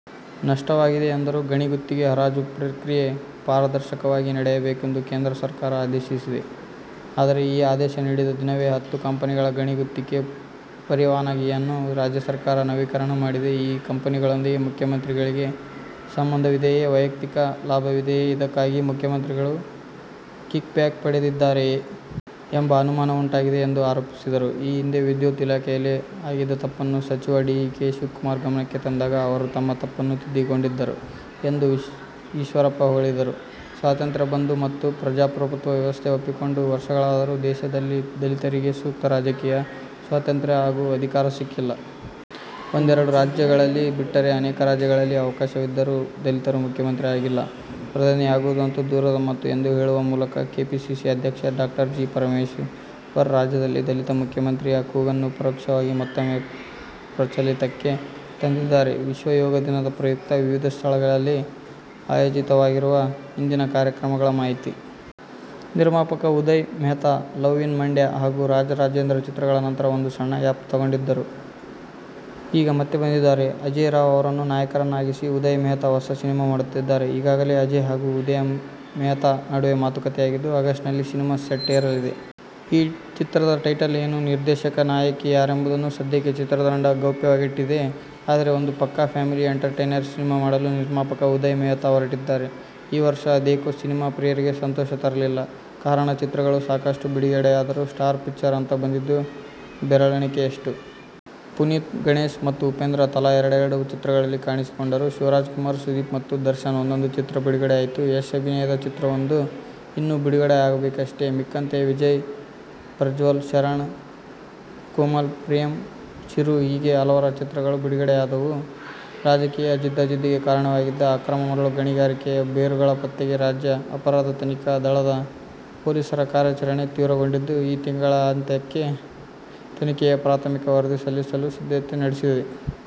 ನಷ್ಟವಾಗಿದೆ ಎಂದರು. ಗಣಿ ಗುತ್ತಿಗೆ ಹರಾಜು ಪ್ರಕ್ರಿಯೆ ಪಾರದರ್ಶಕವಾಗಿ ನಡೆಯಬೇಕೆಂದು ಕೇಂದ್ರ ಸರ್ಕಾರ ಆದೇಶಿಸಿದೆ. ಆದರೆ ಈ ಆದೇಶ ನೀಡಿದ ದಿನವೇ ಹತ್ತು ಕಂಪನಿಗಳ ಗಣಿ ಗುತ್ತಿಗೆ ಪರವಾನಗಿಯನ್ನು ರಾಜ್ಯ ಸರ್ಕಾರ ನವೀಕರಣ ಮಾಡಿದೆ. ಈ ಕಂಪನಿಗಳೊಂದಿಗೆ ಮುಖ್ಯಮಂತ್ರಿಗಳಿಗೆ ಸಂಬಂಧವಿದೆಯೇ? ವೈಯಕ್ತಿಕ ಲಾಭವಿದೆಯೇ? ಇದಕ್ಕಾಗಿ ಮುಖ್ಯಮಂತ್ರಿಗಳು ಕಿಕ್ಬ್ಯಾಕ್ ಪಡೆದಿದ್ದಾರೆಯೇ? ಎಂಬ ಅನುಮಾನ ಉಂಟಾಗಿದೆ ಎಂದು ಆರೋಪಿಸಿದರು. ಈ ಹಿಂದೆ ವಿದ್ಯುತ್ ಇಲಾಖೆಯಲ್ಲಿ ಆಗಿದ್ದ ತಪ್ಪನ್ನು ಸಚಿವ ಡಿ. ಕೆ. ಶಿವಕುಮಾರ್ ಗಮನಕ್ಕೆ ತಂದಾಗ ಅವರು ತಮ್ಮ ತಪ್ಪನ್ನು ತಿದ್ದಿಕೊಂಡಿದ್ದರು ಎಂದು ಈಶ್ವರಪ್ಪ ಹೊಗಳಿದರು. "ಸ್ವಾತಂತ್ರ್ಯ ಬಂದು ಮತ್ತು ಪ್ರಜಾಪ್ರಭುತ್ವ ವ್ಯವಸ್ಥೆ ಒಪ್ಪಿಕೊಂಡು ವರ್ಷಗಳಾದರೂ ದೇಶದಲ್ಲಿದಲಿತರಿಗೆ ಸೂಕ್ತ ರಾಜಕೀಯ ಸ್ವಾತಂತ್ರ್ಯ ಹಾಗೂ ಅಧಿಕಾರ ಸಿಕ್ಕಿಲ್ಲ. ಒಂದೆರಡು ರಾಜ್ಯಗಳಲ್ಲಿ ಬಿಟ್ಟರೆ, ಅನೇಕರಾಜ್ಯಗಳಲ್ಲಿ ಅವಕಾಶವಿದ್ದರೂ ದಲಿತರು ಮುಖ್ಯಮಂತ್ರಿ ಆಗಿಲ್ಲ, ಪ್ರಧಾನಿ ಆಗುವುದಂತೂ ದೂರದ ಮಾತು' ಎಂದು ಹೇಳುವ ಮೂಲಕ ಕೆಪಿಸಿಸಿ ಅಧ್ಯಕ್ಷ ಡಾ. ಜಿ. ಪರಮೇಶ್ವರ್, ರಾಜ್ಯದಲ್ಲಿ ದಲಿತ ಮುಖ್ಯಮಂತ್ರಿಯ ಕೂಗನ್ನುಪರೋಕ್ಷವಾಗಿ ಮತ್ತೂಮ್ಮೆ ಪ್ರಚಲಿತಕ್ಕೆ ತಂದಿದ್ದಾರೆ. ವಿಶ್ವ ಯೋಗ ದಿನದ ಪ್ರಯುಕ್ತ ವಿವಿಧ ಸ್ಥಳಗಳಲ್ಲಿ ಆಯೋಜಿತವಾಗಿರುವ ಇಂದಿನ ಕಾರ್ಯಕ್ರಮಗಳ ಮಾಹಿತಿ. ನಿರ್ಮಾಪಕ ಉದಯ್ ಮೆಹ್ತಾ "ಲವ್ ಇನ್ ಮಂಡ್ಯ' ಹಾಗೂ "ರಾಜ ರಾಜೇಂದ್ರ' ಚಿತ್ರಗಳ ನಂತರ ಒಂದು ಸಣ್ಣ ಗ್ಯಾಪ್ ತಗೊಂಡಿದ್ದರು. ಈಗ ಮತ್ತೆ ಬಂದಿದ್ದಾರೆ. ಅಜೇಯ್ ರಾವ್ ಅವರನ್ನು ನಾಯಕರನ್ನಾಗಿಸಿ ಉದಯ್ ಮೆಹ್ತಾ ಹೊಸ ಸಿನಿಮಾ ಮಾಡುತ್ತಿದ್ದಾರೆ. ಈಗಾಗಲೇ ಅಜೇಯ್ ಹಾಗೂ ಉದಯ್ ಮೆಹ್ತಾ ನಡುವೆ ಮಾತುಕತೆಯಾಗಿದ್ದು, ಆಗಸ್ಟ್ನಲ್ಲಿ ಸಿನಿಮಾ ಸೆಟ್ಟೇರಲಿದೆ. ಈ ಚಿತ್ರದ ಟೈಟಲ್ ಏನು, ನಿರ್ದೇಶಕ, ನಾಯಕಿ ಯಾರೆಂಬುದನ್ನು ಸದ್ಯಕ್ಕೆ ಚಿತ್ರತಂಡ ಗೌಪ್ಯವಾಗಿಟ್ಟಿದೆ. ಆದರೆ, ಒಂದು ಪಕ್ಕಾ ಫ್ಯಾಮಿಲಿ ಎಂಟರ್ಟೈನರ್ ಸಿನಿಮಾ ಮಾಡಲು ನಿರ್ಮಾಪಕ ಉದಯ್ ಮೆಹ್ತಾ ಹೊರಟಿದ್ದಾರೆ. ಈ ವರ್ಷ ಅದೇಕೋ ಸಿನಿಮಾ ಪ್ರಿಯರಿಗೆ ಸಂತೋಷ ತರಲಿಲ್ಲ. ಕಾರಣ ಚಿತ್ರಗಳು ಸಾಕಷ್ಟು ಬಿಡುಗಡೆಯಾದರೂ ಸ್ಟಾರ್ ಪಿಕ್ಚರ್ ಅಂತ ಬಂದಿದ್ದು ಬೆರಳಿಣಿಕೆಯಷ್ಟು. ಪುನೀತ್, ಗಣೇಶ್ ಮತ್ತು ಉಪೇಂದ್ರ ತಲಾ ಎರಡೆರೆಡು ಚಿತ್ರಗಳಲ್ಲಿ ಕಾಣಿಸಿಕೊಂಡರು. ಶಿವರಾಜಕುಮಾರ್, ಸುದೀಪ್ ಮತ್ತು ದರ್ಶನ್ ಒಂದೊಂದು ಚಿತ್ರ ಬಿಡುಗಡೆಯಾಯಿತು. ಯಶ್ ಅಭಿನಯದ ಚಿತ್ರವೊಂದು ಇನ್ನೂ ಬಿಡುಗಡೆಯಾಗಬೇಕಷ್ಟೇ. ಮಿಕ್ಕಂತೆ ವಿಜಯ್, ಪ್ರಜ್ವಲ್, ಶರಣ್, ಕೋಮಲ್, ಪ್ರೇಮ್, ಚಿರು ಹೀಗೆ ಹಲವರ ಚಿತ್ರಗಳು ಬಿಡುಗಡೆಯಾದವು. ರಾಜಕೀಯ ಜಿದ್ದಾಜಿದ್ದಿಗೆ ಕಾರಣವಾಗಿದ್ದ "ಅಕ್ರಮ ಮರಳು ಗಣಿಗಾರಿಕೆ'ಯ ಬೇರುಗಳ ಪತ್ತೆಗೆ ರಾಜ್ಯ ಅಪರಾಧ ತನಿಖಾ ದಳ ದ ಪೊಲೀಸರ ಕಾರ್ಯಾಚರಣೆ ತೀವ್ರಗೊಂಡಿದ್ದು, ಈ ತಿಂಗಳಾಂತ್ಯಕ್ಕೆ ತನಿಖೆಯ ಪ್ರಾಥಮಿಕ ವರದಿ ಸಲ್ಲಿಸಲು ಸಿದ್ಧತೆ ನಡೆಸಿದೆ.